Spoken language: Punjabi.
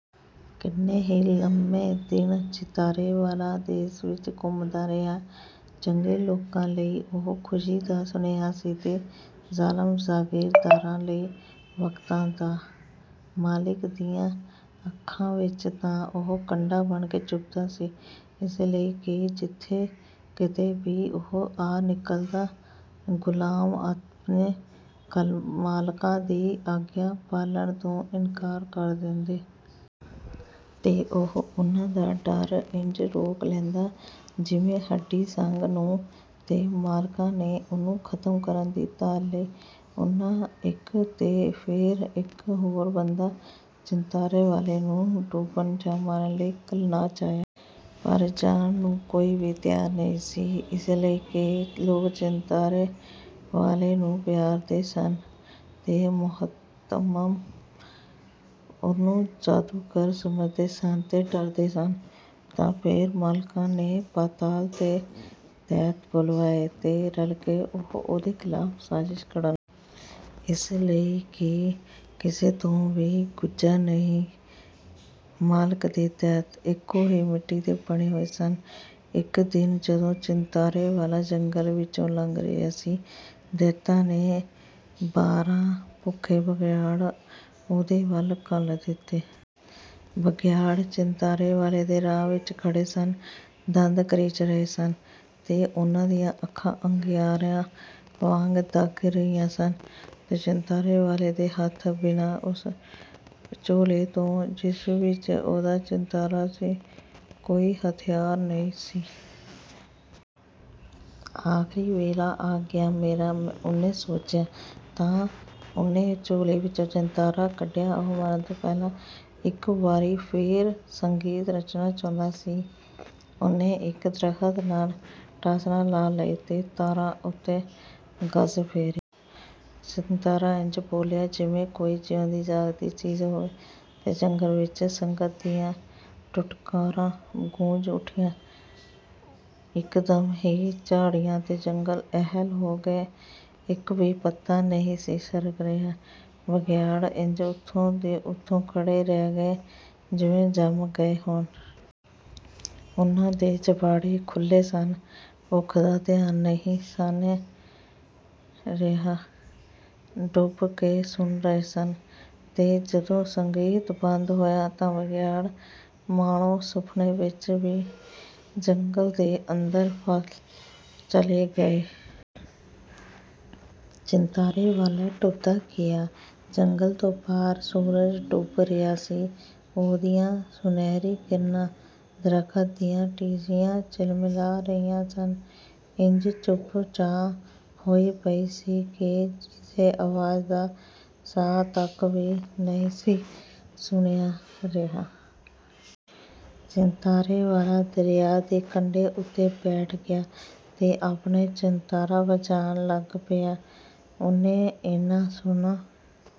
ਕਿੰਨੇ ਹੀ ਲੰਮੇ ਦਿਨ ਚਿੰਤਾਰੇ ਵਾਲਾ ਦੇਸ ਵਿੱਚ ਘੁੰਮਦਾ ਰਿਹਾ। ਚੰਗੇ ਲੋਕਾਂ ਲਈ ਉਹ ਖੁਸ਼ੀ ਦਾ ਸੁਨੇਹਾ ਸੀ, ਤੇ ਜ਼ਾਲਮ ਜਾਗੀਰਦਾਰਾਂ ਲਈ ਵਖ਼ਤਾਂ ਦਾ। ਮਾਲਕਾਂ ਦੀਆਂ ਅੱਖਾਂ ਵਿੱਚ ਤਾਂ ਉਹ ਕੰਡਾ ਬਣ ਕੇ ਚੁਭਦਾ ਸੀ, ਇਸ ਲਈ ਕਿ ਜਿਥੇ ਕਿਤੇ ਵੀ ਉਹ ਆ ਨਿਕਲਦਾ, ਗੁਲਾਮ ਆਪਣੇ ਮਾਲਕਾਂ ਦੀ ਆਗਿਆ ਪਾਲਣ ਤੋਂ ਇਨਕਾਰ ਕਰ ਦੇਂਦੇ। ਤੇ ਉਹ ਉਹਨਾਂ ਦਾ ਰਾਹ ਇੰਜ ਰੋਕ ਲੈਂਦਾ, ਜਿਵੇਂ ਹੱਡੀ ਸੰਘ ਨੂੰ। ਤੇ ਮਾਲਕਾਂ ਨੇ ਉਹਨੂੰ ਖ਼ਤਮ ਕਰਨ ਦੀ ਧਾਰ ਲਈ। ਉਹਨਾਂ ਇੱਕ ਤੇ ਫੇਰ ਇੱਕ ਹੋਰ ਬੰਦਾ ਚਿੰਤਾਰੇ ਵਾਲੇ ਨੂੰ ਡੋਬਣ ਜਾਂ ਮਾਰਨ ਲਈ ਘੱਲਣਾ ਚਾਹਿਆ। ਪਰ ਜਾਣ ਨੂੰ ਕੋਈ ਵੀ ਤਿਆਰ ਨਹੀਂ ਸੀ, ਇਸ ਲਈ ਕਿ ਲੋਕ ਚਿੰਤਾਰੇ ਵਾਲੇ ਨੂੰ ਪਿਆਰਦੇ ਸਨ, ਤੇ ਮੁਹਤਮਮ ਉਹਨੂੰ ਜਾਦੂਗਰ ਸਮਝਦੇ ਸਨ ਤੇ ਡਰਦੇ ਸਨ। ਤਾਂ ਫੇਰ ਮਾਲਕਾਂ ਨੇ ਪਾਤਾਲ ਤੋਂ ਦੈਂਤ ਬੁਲਵਾਏ ਤੇ ਰਲ ਕੇ ਉਹ ਉਹਦੇ ਖ਼ਿਲਾਫ਼ ਸਾਜ਼ਸ਼ ਘੜਨ ਲੱਗੇ। ਇਸ ਲਈ ਕਿ ਕਿਸੇ ਤੋਂ ਵੀ ਗੁੱਝਾ ਨਹੀਂ, ਮਾਲਕ ਤੇ ਦੈਂਤ ਇਕੋ ਹੀ ਮਿੱਟੀ ਦੇ ਬਣੇ ਹੋਏ ਸਨ। ਇੱਕ ਦਿਨ ਜਦੋਂ ਚਿੰਤਾਰੇ ਵਾਲਾ ਜੰਗਲ ਵਿਚੋਂ ਲੰਘ ਰਿਹਾ ਸੀ, ਦੈਂਤਾਂ ਨੇ ਬਾਰਾਂ ਭੁੱਖੇ ਬਘਿਆੜ ਉਹਦੇ ਵਲ ਘੱਲ ਦਿੱਤੇ। ਬਘਿਆੜ ਚਿੰਤਾਰੇ ਵਾਲੇ ਦੇ ਰਾਹ ਵਿੱਚ ਖੜੇ ਸਨ, ਦੰਦ ਕਰੀਚ ਰਹੇ ਸਨ ਤੇ ਉਹਨਾਂ ਦੀਆਂ ਅੱਖਾਂ ਅੰਗਿਆਰਾਂ ਵਾਂਗ ਦੱਗ ਰਹੀਆਂ ਸਨ। ਤੇ ਚਿੰਤਾਰੇ ਵਾਲੇ ਦੇ ਹੱਥ, ਬਿਨਾਂ ਉਸ ਝੋਲੇ ਤੋਂ ਜਿਸ ਵਿੱਚ ਉਹਦਾ ਚਿੰਤਾਰਾ ਸੀ, ਕੋਈ ਹਥਿਆਰ ਨਹੀਂ ਸੀ। "ਆਖ਼ਰੀ ਵੇਲਾ ਆ ਗਿਐ ਮੇਰਾ," ਉਹਨੇ ਸੋਚਿਆ। ਤਾਂ ਉਹਨੇ ਝੋਲੇ ਵਿਚੋਂ ਚਿੰਤਾਰਾ ਕੱਢਿਆ। ਉਹ ਮਰਨ ਤੋਂ ਪਹਿਲਾਂ ਇੱਕ ਵਾਰੀ ਫੇਰ ਸੰਗੀਤ ਰਚਣਾ ਚਾਹੁੰਦਾ ਸੀ। ਉਹਨੇ ਇੱਕ ਦਰਖ਼ਤ ਨਾਲ ਢਾਸਣਾ ਲਾ ਲਈ ਤੇ ਤਾਰਾਂ ਉਤੇ ਗਜ਼ ਫੇਰਿਆ। ਚਿੰਤਾਰਾ ਇੰਜ ਬੋਲਿਆ, ਜਿਵੇਂ ਕੋਈ ਜਿਊਂਦੀ-ਜਾਗਦੀ ਚੀਜ਼ ਹੋਵੇ, ਤੇ ਜੰਗਲ ਵਿੱਚ ਸੰਗੀਤ ਦੀਆਂ ਟੁਣਕਾਰਾਂ ਗੂੰਜ ਉੱਠੀਆਂ। ਇਕਦਮ ਹੀ ਝਾੜੀਆਂ ਤੇ ਜੰਗਲ ਅਹਿੱਲ ਹੋ ਗਏ, ਇੱਕ ਵੀ ਪੱਤਾ ਨਹੀਂ ਸੀ ਸਰਕ ਰਿਹਾ; ਬਘਿਆੜ ਇੰਜ ਓਥੇ ਦੇ ਓਥੇ ਖੜੇ ਰਹਿ ਗਏ, ਜਿਵੇਂ ਜੰਮ ਗਏ ਹੋਣ। ਉਹਨਾਂ ਦੇ ਜਬਾੜੇ ਖੁੱਲ੍ਹੇ ਸਨ, ਭੁੱਖ ਦਾ ਧਿਆਨ ਨਹੀਂ ਸਾਨੇਂ ਰਿਹਾ ਤੇ ਡੁੱਬ ਕੇ ਸੁਣ ਰਹੇ ਸਨ। ਤੇ ਜਦੋਂ ਸੰਗੀਤ ਬੰਦ ਹੋਇਆ, ਤਾਂ ਬਘਿਆੜ, ਮਾਣੋ ਸੁਫ਼ਨੇ ਵਿੱਚ, ਜੰਗਲ ਦੇ ਅੰਦਰ ਵੱਲ ਚਲੇ ਗਏ। ਚਿੰਤਾਰੇ ਵਾਲਾ ਟੁਰਦਾ ਗਿਆ। ਜੰਗਲ ਤੋਂ ਪਾਰ ਸੂਰਜ ਡੁੱਬ ਰਿਹਾ ਸੀ, ਉਹਦੀਆਂ ਸੁਨਹਿਰੀ ਕਿਰਨਾਂ ਦਰਖ਼ਤਾਂ ਦੀਆਂ ਟੀਸੀਆਂ ਝਿਲਮਿਲਾ ਰਹੀਆਂ ਸਨ। ਇੰਜ ਚੁੱਪ-ਚਾਂ ਹੋਈ ਪਈ ਸੀ ਕਿ ਕਿਸੇ ਆਵਾਜ਼ ਦਾ ਸਾਹ ਤਕ ਵੀ ਨਹੀਂ ਸੀ ਸੁਣਿਆ ਰਿਹਾ। ਚਿੰਤਾਰੇ ਵਾਲਾ ਦਰਿਆ ਦੇ ਕੰਢੇ ਉਤੇ ਬੈਠ ਗਿਆ, ਤੇ ਆਪਣਾ ਚਿੰਤਾਰਾ ਵਜਾਣ ਲੱਗ ਪਿਆ। ਉਹਨੇ ਏਨਾ ਸੁਹਣਾ